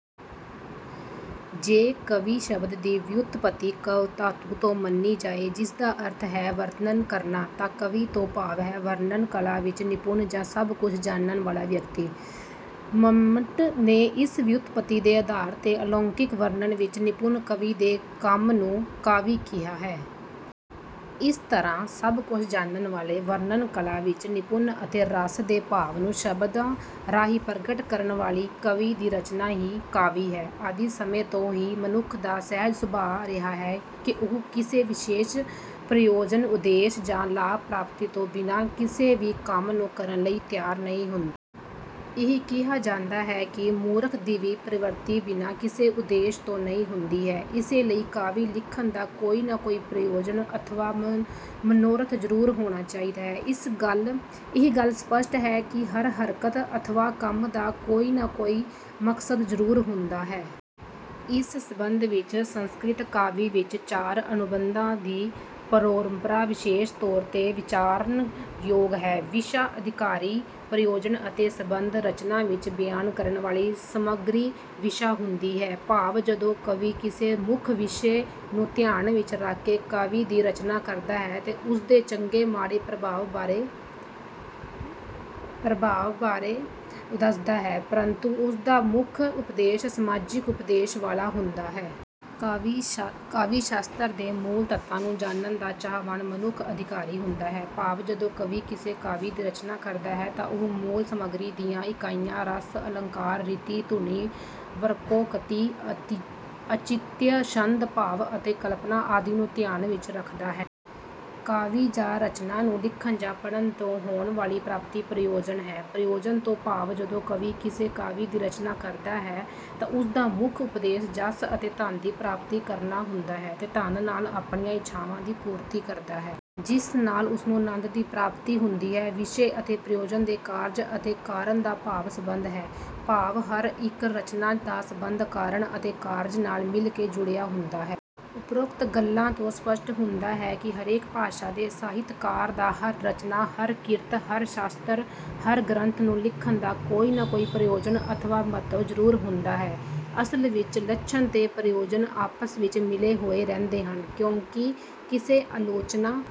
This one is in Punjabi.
ਜੇ 'ਕਵੀ' ਸ਼ਬਦ ਦੀ ਵਿਉਤਪਤੀ 'ਕਵ੍' ਧਾਤੂ ਤੋਂ ਮੰਨੀ ਜਾਏ, ਜਿਸਦਾ ਅਰਥ ਹੈ ਵਰਣਨ ਕਰਨਾ, ਤਾਂ 'ਕਵੀ' ਤੋਂ ਭਾਵ ਹੈ ਵਰਣਨ ਕਲਾ ਵਿੱਚ ਨਿਪੁਣ ਜਾਂ ਸਭ ਕੁੱਝ ਜਾਣਨ ਵਾਲਾ ਵਿਅਕਤੀ। ਮੰਮਟ ਨੇ ਇਸ ਵਿਉਤਪਤੀ ਦੇ ਆਧਾਰ ਤੇ 'ਅਲੌਕਿਕ' ਵਰਣਨ ਵਿੱਚ ਨਿਪੁਣ ਕਵੀ ਦੇ ਕੰਮ ਨੂੰ 'ਕਾਵਿ' ਕਿਹਾ ਹੈ। ਇਸ ਤਰ੍ਹਾਂ ਸਭ ਕੁੱਝ ਜਾਣਨ ਵਾਲੇ, ਵਰਣਨ ਕਲਾ ਵਿੱਚ ਨਿਪੁਣ ਅਤੇ ਰਸ ਤੇ ਭਾਵ ਨੂੰ ਸ਼ਬਦਾਂ ਰਾਹੀਂ ਪ੍ਰਗਟ ਕਰਨ ਵਾਲੀ ਕਵੀ ਦੀ ਰਚਨਾ ਹੀ 'ਕਾਵਿ' ਹੈ। ਆਦਿ ਸਮੇਂ ਤੋਂ ਹੀ ਮਨੁੱਖ ਦਾ ਸਹਿਜ ਸੁਭਾਅ ਰਿਹਾ ਹੈ ਕਿ ਉਹ ਕਿਸੇ ਵਿਸ਼ੇਸ਼, ਪ੍ਰਯੋਜਨ, ਉਦੇਸ਼ ਜਾਂ ਲਾਭ ਪ੍ਰਾਪਤੀ ਤੋਂ ਬਿਨ੍ਹਾਂ ਕਿਸੇ ਵੀ ਕੰਮ ਨੂੰ ਕਰਨ ਲਈ ਤਿਆਰ ਨਹੀਂ ਹੁੰਦਾ। ਇਹ ਕਿਹਾ ਜਾਂਦਾ ਹੈ ਕਿ "ਮੂਰਖ ਦੀ ਵੀ ਪ੍ਰਵਿਰਤੀ ਬਿਨ੍ਹਾਂ ਕਿਸੇ ਉਦੇਸ਼ ਤੋਂ ਨਹੀਂ ਹੁੰਦੀ ਹੈ"। ਇਸ ਲਈ ਕਾਵਿ ਲਿਖਣ ਦਾ ਕੋਈ ਨਾ ਕੋਈ ਪ੍ਰਯੋਜਨ ਅਥਵਾ ਮਨੋਰਥ ਜ਼ਰੂਰ ਹੋਣਾ ਚਾਹੀਦਾ ਹੈ। ਇਹ ਗੱਲ ਸਪੱਸ਼ਟ ਹੈ ਕਿ ਹਰ ਹਰਕਤ ਅਥਵਾ ਕੰਮ ਦਾ ਕੋਈ ਨਾ ਕੋਈ ਮਕਸਦ ਜ਼ਰੂਰ ਹੁੰਦਾ ਹੈ। ਇਸ ਸੰਬੰਧ ਵਿੱਚ ਸੰਸਕ੍ਰਿਤ ਕਾਵਿ ਵਿੱਚ ਚਾਰ ਅਨੁਬੰਧਾਂ ਦੀ ਪਰੰਪਰਾ ਵਿਸ਼ੇਸ਼ ਤੌਰ ਤੇ ਵਿਚਾਰਨਯੋਗ ਹੈ, ਵਿਸ਼ਾ, ਅਧਿਕਾਰੀ, ਪ੍ਰਯੋਜਨ ਅਤੇ ਸੰਬੰਧ। ਰਚਨਾ ਵਿੱਚ ਬਿਆਨ ਕਰਨ ਵਾਲੀ ਸਮੱਗਰੀ ਵਿਸ਼ਾ ਹੁੰਦੀ ਹੈ। ਭਾਵ ਜਦੋਂ ਕਵੀ ਕਿਸੇ ਮੁੱਖ ਵਿਸ਼ੇ ਨੂੰ ਧਿਆਨ ਵਿੱਚ ਰੱਖ ਕੇ ਕਾਵਿ ਦੀ ਰਚਨਾ ਕਰਦਾ ਹੈ, ਤੇ ਉਸਦੇ ਚੰਗੇ ਮਾੜੇ ਪ੍ਰਭਾਵ ਬਾਰੇ ਦੱਸਦਾ ਹੈ, ਪਰੰਤੂ ਉਸਦਾ ਮੁੱਖ ਉਦੇਸ਼ ਸਮਾਜਿਕ ਉਪਦੇਸ਼ ਵਾਲਾ ਹੁੰਦਾ ਹੈ। ਕਾਵਿ ਸ਼ਾਸਤਰ ਦੇ ਮੂਲ ਤੱਤਾਂ ਨੂੰ ਜਾਣਨ ਦਾ ਚਾਹਵਾਨ ਮਨੁੱਖ 'ਅਧਿਕਾਰੀ' ਹੁੰਦਾ ਹੈ। ਭਾਵ ਜਦੋਂ ਕਵੀ ਕਿਸੇ ਕਾਵਿ ਦੀ ਰਚਨਾ ਕਰਦਾ ਹੈ, ਤਾਂ ਉਹ ਮੂਲ ਸਮੱਗਰੀ ਦੀਆਂ ਇਕਾਈਆਂ, ਰਸ, ਅਲੰਕਾਰ, ਰੀਤੀ, ਧੁਨੀ, ਵਕ੍ਰੋਕਤੀ, ਔਚਿਤਯ, ਛੰਦ, ਭਾਵ ਅਤੇ ਕਲਪਨਾ ਆਦਿ ਨੂੰ ਧਿਆਨ ਵਿੱਚ ਰੱਖਦਾ ਹੈ। ਕਾਵਿ ਜਾਂ ਰਚਨਾ ਨੂੰ ਲਿਖਣ ਜਾਂ ਪੜ੍ਹਨ ਤੋਂ ਹੋਣ ਵਾਲੀ ਪ੍ਰਾਪਤੀ ਪ੍ਰਯੋਜਨ ਹੈ। ਪ੍ਰਯੋਜਨ ਤੋਂ ਭਾਵ ਜਦੋਂ ਕਵੀ ਕਿਸੇ ਕਾਵਿ ਦੀ ਰਚਨਾ ਕਰਦਾ ਹੈ, ਤਾਂ ਉਸਦਾ ਮੁੱਖ ਉਦੇਸ਼ ਜਸ ਅਤੇ ਧਨ ਦੀ ਪ੍ਰਾਪਤੀ ਕਰਨਾ ਹੁੰਦਾ ਹੈ, ਤੇ ਧਨ ਨਾਲ ਆਪਣੀਆਂ ਇੱਛਾਵਾਂ ਦੀ ਪੂਰਤੀ ਕਰਦਾ ਹੈ। ਜਿਸ ਨਾਲ ਉਸਨੂੰ ਆਨੰਦ ਦੀ ਪ੍ਰਾਪਤੀ ਹੁੰਦੀ ਹੈ। ਵਿਸ਼ੇ ਅਤੇ ਪ੍ਰਯੋਜਨ ਦੇ ਕਾਰਜ ਅਤੇ ਕਾਰਨ ਦਾ ਭਾਵ ਸੰਬੰਧ ਹੈ। ਭਾਵ ਹਰ ਇੱਕ ਰਚਨਾ ਦਾ ਸੰਬੰਧ ਕਾਰਨ ਅਤੇ ਕਾਰਜ ਨਾਲ ਮਿਲ ਕੇ ਜੁੜਿਆ ਹੁੰਦਾ ਹੈ। ਉਪਰੋਕਤ ਗੱਲਾਂ ਤੋਂ ਸਪੱਸ਼ਟ ਹੁੰਦਾ ਹੈ ਕਿ ਹਰੇਕ ਭਾਸ਼ਾ ਦੇ ਸਾਹਿਤਕਾਰ ਦਾ ਹਰ ਰਚਨਾ, ਹਰ ਕਿਰਤ, ਹਰ ਸ਼ਾਸਤਰ, ਹਰ ਗ੍ਰੰਥ ਨੂੰ ਲਿਖਣ ਦਾ ਕੋਈ ਨਾ ਕੋਈ ਪ੍ਰਯੋਜਨ ਅਥਵਾ ਮੰਤਵ ਜ਼ਰੂਰ ਹੁੰਦਾ ਹੈ। ਅਸਲ ਵਿੱਚ ਲੱਛਣ ਤੇ ਪ੍ਰਯੋਜਨ ਆਪਸ ਵਿੱਚ ਮਿਲੇ ਹੋਏ ਰਹਿੰਦੇ ਹਨ। ਕਿਉਂਕਿ ਕਿਸੇ ਆਲੋਚਨਾ